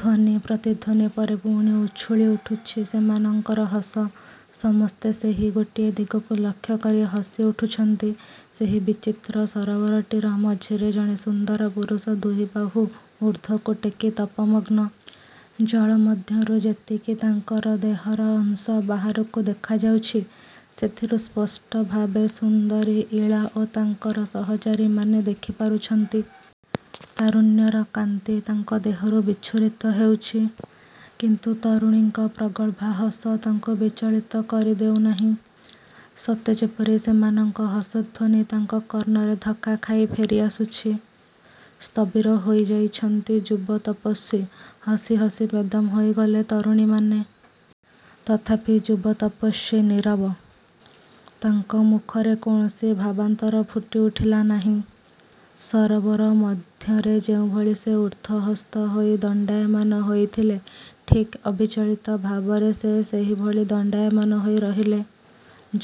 ଧ୍ୱନି ପ୍ରତିଧ୍ୱନି ପରେ ପୁଣି ଉଛୁଳି ଉଠୁଛି ସେମାନଙ୍କର ହସ। ସମସ୍ତେ ସେହି ଗୋଟିଏ ଦିଗକୁ ଲକ୍ଷ୍ୟକରି ହସି ଉଠୁଛନ୍ତି। ସେହି ବିଚିତ୍ର ସରୋବରଟିର ମଝିରେ ଜଣେ ସୁନ୍ଦର ପୁରୁଷ ଦୁଇବାହୁ ଊର୍ଦ୍ଧ୍ୱକୁ ଟେକି ତପମଗ୍ନ। ଜଳ ମଧ୍ୟରୁ ଯେତିକି ତାଙ୍କର ଦେହର ଅଂଶ ବାହାରକୁ ଦେଖାଯାଉଛି, ସେଥିରୁ ସ୍ପଷ୍ଟଭାବେ ସୁନ୍ଦରୀ ଇଳା ଓ ତାଙ୍କ ସହରଚରୀମାନେ ଦେଖିପାରୁଛନ୍ତି। ତାରୁଣ୍ୟର କାନ୍ତି ତାଙ୍କ ଦେହରୁ ବିଚ୍ଛୁରିତ ହେଉଛି। କିନ୍ତୁ ତରୁଣୀଙ୍କ ପ୍ରଗଳ୍ଭା ହସ ତାଙ୍କୁ ବିଚଳିତ କରି ଦେଉନାହିଁ-। ସତେ ଯେପରି ସେମାନଙ୍କ ହସଧ୍ୱନି ତାଙ୍କ କର୍ଣ୍ଣରେ ଧକ୍କା ଖାଇ ଫେରି ଆସୁଛି-। ସ୍ଥବିର ହୋଇ ଯାଉଛନ୍ତି ଯୁବ ତପସ୍ୱୀ। ହସି ହସି ବେଦମ୍ ହୋଇଗଲେ ତରୁଣୀମାନେ। ତଥାପି ଯୁବତପସ୍ୱୀ ନିରବ। ତାଙ୍କ ମୁଖରେ କୌଣସି ଭାବାନ୍ତର ଫୁଟିଉଠିଲା ନାହିଁ। ସରୋବର ମଧ୍ୟରେ ଯେଉଁଭଳି ସେ ଊର୍ଦ୍ଧ୍ୱହସ୍ତ ହୋଇ ଦଣ୍ଡାୟମାନ ହୋଇଥିଲେ, ଠିକ୍ ଅବିଚଳିତ ଭାବରେ ସେ ସେହିଭଳି ଦଣ୍ଡାୟମାନ ହୋଇ ରହିଲେ।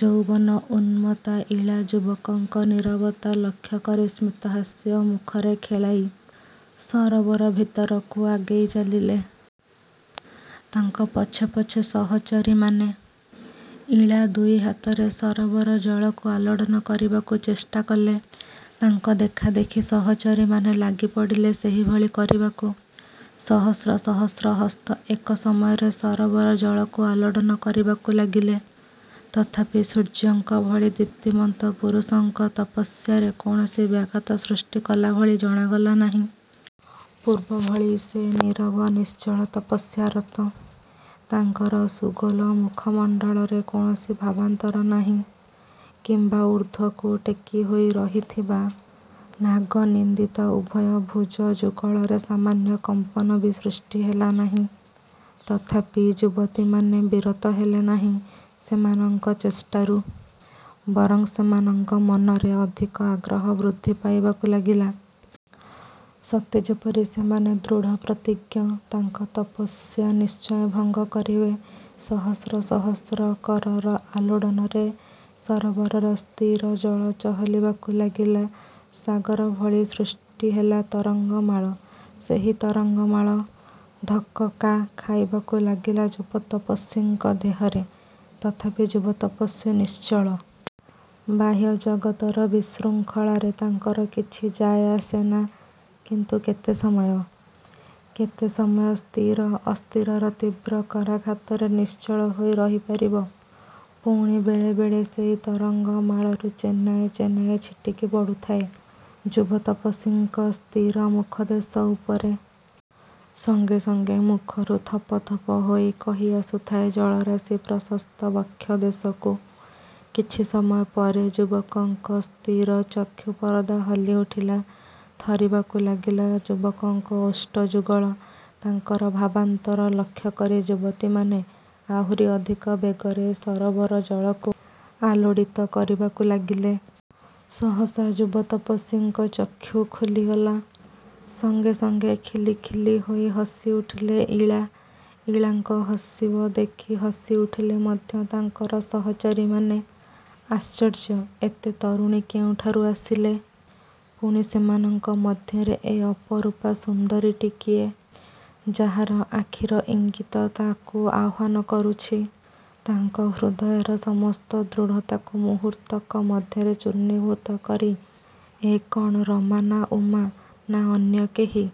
ଯୌବନ ଉନ୍ମତା ଇଳା ଯୁବକଙ୍କ ନୀରବତା ଲକ୍ଷ୍ୟ କରି ସ୍ମିତହାସ୍ୟ ମୁଖରେ ଖେଳାଇ ସରୋବର ଭିତରକୁ ଆଗେଇ ଚାଲିଲେ। ତାଙ୍କ ପଛେ ପଛେ ସହଚରୀମାନେ। ଇଳା ଦୁଇ ହାତରେ ସରୋବର ଜଳକୁ ଆଲୋଡ଼ନ କରିବାକୁ ଚେଷ୍ଟା କଲେ। ତାଙ୍କ ଦେଖାଦେଖି ସହଚରୀମାନେ ଲାଗିପଡ଼ିଲେ ସେହିଭଳି କରିବାକୁ। ସହସ୍ର ସହସ୍ର ହସ୍ତ ଏକ ସମୟରେ ସରୋବର ଜଳକୁ ଆଲୋଡ଼ନ କରିବାକୁ ଲାଗିଲେ। ତଥାପି ସୂର୍ଯ୍ୟଙ୍କ ଭଳି ଦୀପ୍ତିମନ୍ତ ପୁରୁଷଙ୍କ ତପସ୍ୟାରେ କୌଣସି ବ୍ୟାଘାତ ସୃଷ୍ଟି କଲାଭଳି ଜଣାଗଲା ନାହିଁ। ପୂର୍ବଭଳି ସେ ନୀରବ, ନିଶ୍ଚଳ, ତପସ୍ୟାରତ। ତାଙ୍କର ସୁଗୋଲ ମୁଖମଣ୍ଡଳରେ କୌଣସି ଭାବାନ୍ତର ନାହିଁ କିମ୍ୱା ଊର୍ଦ୍ଧ୍ୱକୁ ଟେକିହୋଇ ରହିଥିବା ନାଗନିନ୍ଦିତ ଉଭୟ ଭୁଜ ଯୁଗଳରେ ସାମାନ୍ୟ କମ୍ପନ ବି ସୃଷ୍ଟି ହେଲା ନାହିଁ। ତଥାପି ଯୁବତୀମାନେ ବିରତ ହେଲେ ନାହିଁ ସେମାନଙ୍କ ଚେଷ୍ଟାରୁ। ବରଂ ସେମାନଙ୍କ ମନରେ ଅଧିକ ଆଗ୍ରହ ବୃଦ୍ଧି ପାଇବାକୁ ଲାଗିଲା। ସତେ ଯେପରି ସେମାନେ ଦୃଢ଼ ପ୍ରତିଜ୍ଞ-ତାଙ୍କ ତପସ୍ୟା ନିଶ୍ଚୟ ଭଙ୍ଗ କରିବେ। ସହସ୍ର ସହସ୍ର କରର। ଆଲୋଡ଼ନରେ ସରୋବରର ସ୍ଥିର ଜଳ ଚହଲିବାକୁ ଲାଗିଲା। ସାଗର ଭଳି ସୃଷ୍ଟି ହେଲା ତରଙ୍ଗମାଳ। ସେହି ତରଙ୍ଗମାଳ ଧକକା ଖାଇବାକୁ ଲାଗିଲା ଯୁବତପସ୍ୱୀଙ୍କ ଦେହରେ। ତଥାପି ଯୁବତପସ୍ୱୀ ନିଶ୍ଚଳ। ବାହ୍ୟ ଜଗତର ବିଶୃଙ୍ଖଳାରେ ତାଙ୍କର କିଛି ଯାଏଆସେ ନା। କିନ୍ତୁ କେତେ ସମୟ! କେତେ ସମୟ ସ୍ଥିର, ଅସ୍ଥିରର ତୀବ୍ର କରାଘାତରେ ନିଶ୍ଚଳ ହୋଇ ରହିପାରିବ? ପୁଣି ବେଳେ ବେଳେ ସେଇ ତରଙ୍ଗ ମାଳାରୁ ଚେନାଏ ଚେନାଏ ଛିଟିକି ପଡ଼ୁଥାଏ ଯୁବତପସ୍ୱୀଙ୍କ ସ୍ଥିର ମୁଖଦେଶ ଉପରେ। ସଙ୍ଗେ ସଙ୍ଗେ ମୁଖରୁ ଥପ ଥପ ହୋଇ କହି ଆସୁଥାଏ ଜଳରାଶି ପ୍ରଶସ୍ତ ବକ୍ଷ ଦେଶକୁ। କିଛି ସମୟ ପରେ ଯୁବକଙ୍କ ସ୍ଥିର ଚକ୍ଷୁ ପରଦା ହଲି ଉଠିଲା-ଥରିବାକୁ ଲାଗିଲା ଯୁବକଙ୍କ ଓଷ୍ଠ ଯୁଗଳ, ତାଙ୍କର ଭାବାନ୍ତର ଲକ୍ଷକରି ଯୁବତୀମାନେ ଆହୁରି ଅଧିକ ବେଗରେ ସରୋବର ଜଳକୁ ଆଲୋଡ଼ିତ କରିବାକୁ ଲାଗିଲେ। ସହସା ଯୁବତପସ୍ୱୀଙ୍କ ଚକ୍ଷୁ ଖୋଲିଗଲା। ସଙ୍ଗେ ସଙ୍ଗେ ଖିଲ୍ ଖିଲ୍ ହୋଇ ହସିଉଠିଲେ ଇଳା। ଇଳାଙ୍କ ହସିବ ଦେଖି ହସିଉଠିଲେ ମଧ୍ୟ ତାଙ୍କର ସହରଚରୀମାନେ। ଆଶ୍ଚର୍ଯ୍ୟ-ଏତେ ତରୁଣୀ କେଉଁଠାରୁ ଆସିଲେ? ପୁଣି ସେମାନଙ୍କ ମଧ୍ୟରେ ଏ ଅପରୂପା ସୁନ୍ଦରୀଟି କିଏ। ଯାହାର ଆଖିର ଇଙ୍ଗିତ ତାକୁ ଆହ୍ୱାନ କରୁଛି, ତାଙ୍କ ହୃଦୟର ସମସ୍ତ ଦୃଢ଼ତାକୁ ମୁହୂର୍ତ୍ତକ ମଧ୍ୟରେ ଚୂର୍ଣ୍ଣିଭୂତ କରି। ଏ କଣ ରମା ନା ଉମା? ନା ଅନ୍ୟ କେହି